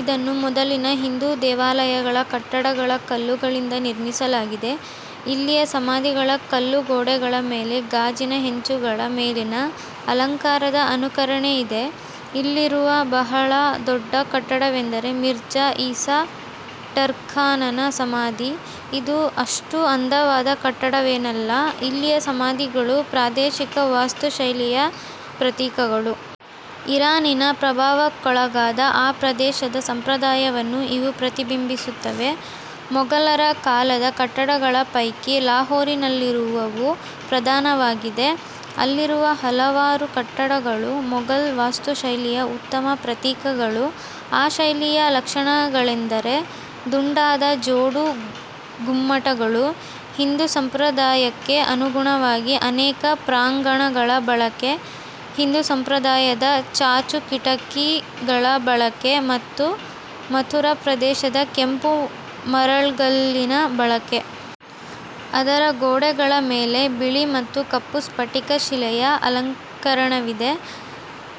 ಇದನ್ನು ಮೊದಲಿನ ಹಿಂದೂ ದೇವಾಲಯಗಳ ಕಟ್ಟಡಗಳ ಕಲ್ಲುಗಳಿಂದ ನಿರ್ಮಿಸಲಾಗಿದೆ. ಇಲ್ಲಿಯ ಸಮಾಧಿಗಳ ಕಲ್ಲುಗೋಡೆಗಳ ಮೇಲೆ ಗಾಜಿನ ಹೆಂಚುಗಳ ಮೇಲಿನ ಅಲಂಕಾರದ ಅನುಕರಣೆಯಿದೆ. ಇಲ್ಲಿರುವ ಬಹಳ ದೊಡ್ಡ ಕಟ್ಟಡವೆಂದರೆ ಮಿರ್ಜಾ ಈಸಾ ಟರ್ಖಾನನ ಸಮಾಧಿ. ಇದು ಅಷ್ಟು ಅಂದವಾದ ಕಟ್ಟಡವೇನಲ್ಲ. ಇಲ್ಲಿಯ ಸಮಾಧಿಗಳು ಪ್ರಾದೇಶಿಕ ವಾಸ್ತುಶೈಲಿಯ ಪ್ರತೀಕಗಳು. ಇರಾನಿನ ಪ್ರಭಾವಕ್ಕೊಳಗಾದ ಆ ಪ್ರದೇಶದ ಸಂಪ್ರದಾಯವನ್ನು ಇವು ಪ್ರತಿಬಿಂಬಿಸುತ್ತವೆ. ಮೊಗಲರ ಕಾಲದ ಕಟ್ಟಡಗಳ ಪೈಕಿ ಲಾಹೋರಿನಲ್ಲಿರುವವು ಪ್ರಧಾನವಾಗಿದೆ. ಅಲ್ಲಿರುವ ಹಲವಾರು ಕಟ್ಟಡಗಳು ಮೊಗಲ್ ವಾಸ್ತುಶೈಲಿಯ ಉತ್ತಮ ಪ್ರತೀಕಗಳು. ಆ ಶೈಲಿಯ ಲಕ್ಷಣಗಳೆಂದರೆ ದುಂಡಾದ ಜೋಡು ಗುಮ್ಮಟಗಳು, ಹಿಂದು ಸಂಪ್ರದಾಯಕ್ಕೆ ಅನುಗುಣವಾಗಿ ಅನೇಕ ಪ್ರಾಂಗಣಗಳ ಬಳಕೆ, ಹಿಂದು ಸಂಪ್ರದಾಯದ ಚಾಚು ಕಿಟಕಿಗಳ ಬಳಕೆ, ಮತ್ತು ಮಥುರಾ ಪ್ರದೇಶದ ಕೆಂಪು ಮರಳ್ಗಲ್ಲಿನ ಬಳಕೆ. ಅದರ ಗೋಡೆಗಳ ಮೇಲೆ ಬಿಳಿ ಮತ್ತು ಕಪ್ಪು ಸ್ಫಟಿಕ ಶಿಲೆಯ ಅಲಂಕರಣವಿದೆ.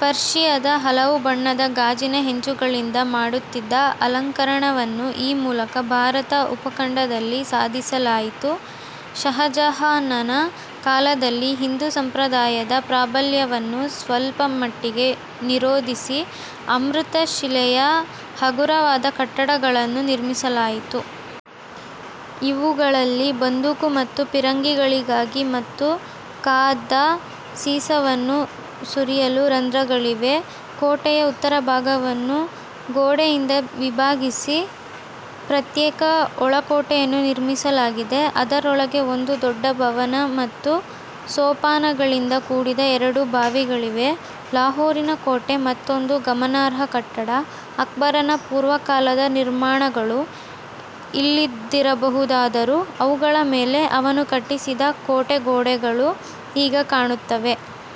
ಪರ್ಷಿಯದ ಹಲವು ಬಣ್ಣದ ಗಾಜಿನ ಹೆಂಚುಗಳಿಂದ ಮಾಡುತ್ತಿದ್ದ ಅಲಂಕರಣವನ್ನು ಈ ಮೂಲಕ ಭಾರತ ಉಪಖಂಡದಲ್ಲಿ ಸಾಧಿಸಲಾಯಿತು. ಷಹಜಹಾನನ ಕಾಲದಲ್ಲಿ ಹಿಂದೂ ಸಂಪ್ರದಾಯದ ಪ್ರಾಬಲ್ಯವನ್ನು ಸ್ವಲ್ಪ ಮಟ್ಟಿಗೆ ನಿರೋಧಿಸಿ ಅಮೃತಶಿಲೆಯ ಹಗುರವಾದ ಕಟ್ಟಡಗಳನ್ನು ನಿರ್ಮಿಸಲಾಯಿತು. ಇವುಗಳಲ್ಲಿ ಬಂದೂಕು ಮತ್ತು ಫಿರಂಗಿಗಳಿಗಾಗಿ ಮತ್ತು ಕಾದ ಸೀಸವನ್ನು ಸುರಿಯಲು ರಂಧ್ರಗಳಿವೆ. ಕೋಟೆಯ ಉತ್ತರಭಾಗವನ್ನು ಗೋಡೆಯಿಂದ ವಿಭಾಗಿಸಿ ಪ್ರತ್ಯೇಕ ಒಳಕೋಟೆಯನ್ನು ನಿರ್ಮಿಸಲಾಗಿದೆ. ಅದರೊಳಗೆ ಒಂದು ದೊಡ್ಡ ಭವನ ಮತ್ತು ಸೋಪಾನಗಳಿಂದ ಕೂಡಿದ ಎರಡು ಬಾವಿಗಳಿವೆ. ಲಾಹೋರಿನ ಕೋಟೆ ಮತ್ತೊಂದು ಗಮನಾರ್ಹ ಕಟ್ಟಡ. ಅಕ್ಬರನ ಪೂರ್ವಕಾಲದ ನಿರ್ಮಾಣಗಳು ಇಲ್ಲಿದ್ದಿರಬಹುದಾದರೂ ಅವುಗಳ ಮೇಲೆ ಅವನು ಕಟ್ಟಿಸಿದ ಕೋಟೆ ಗೋಡೆಗಳು ಈಗ ಕಾಣುತ್ತವೆ.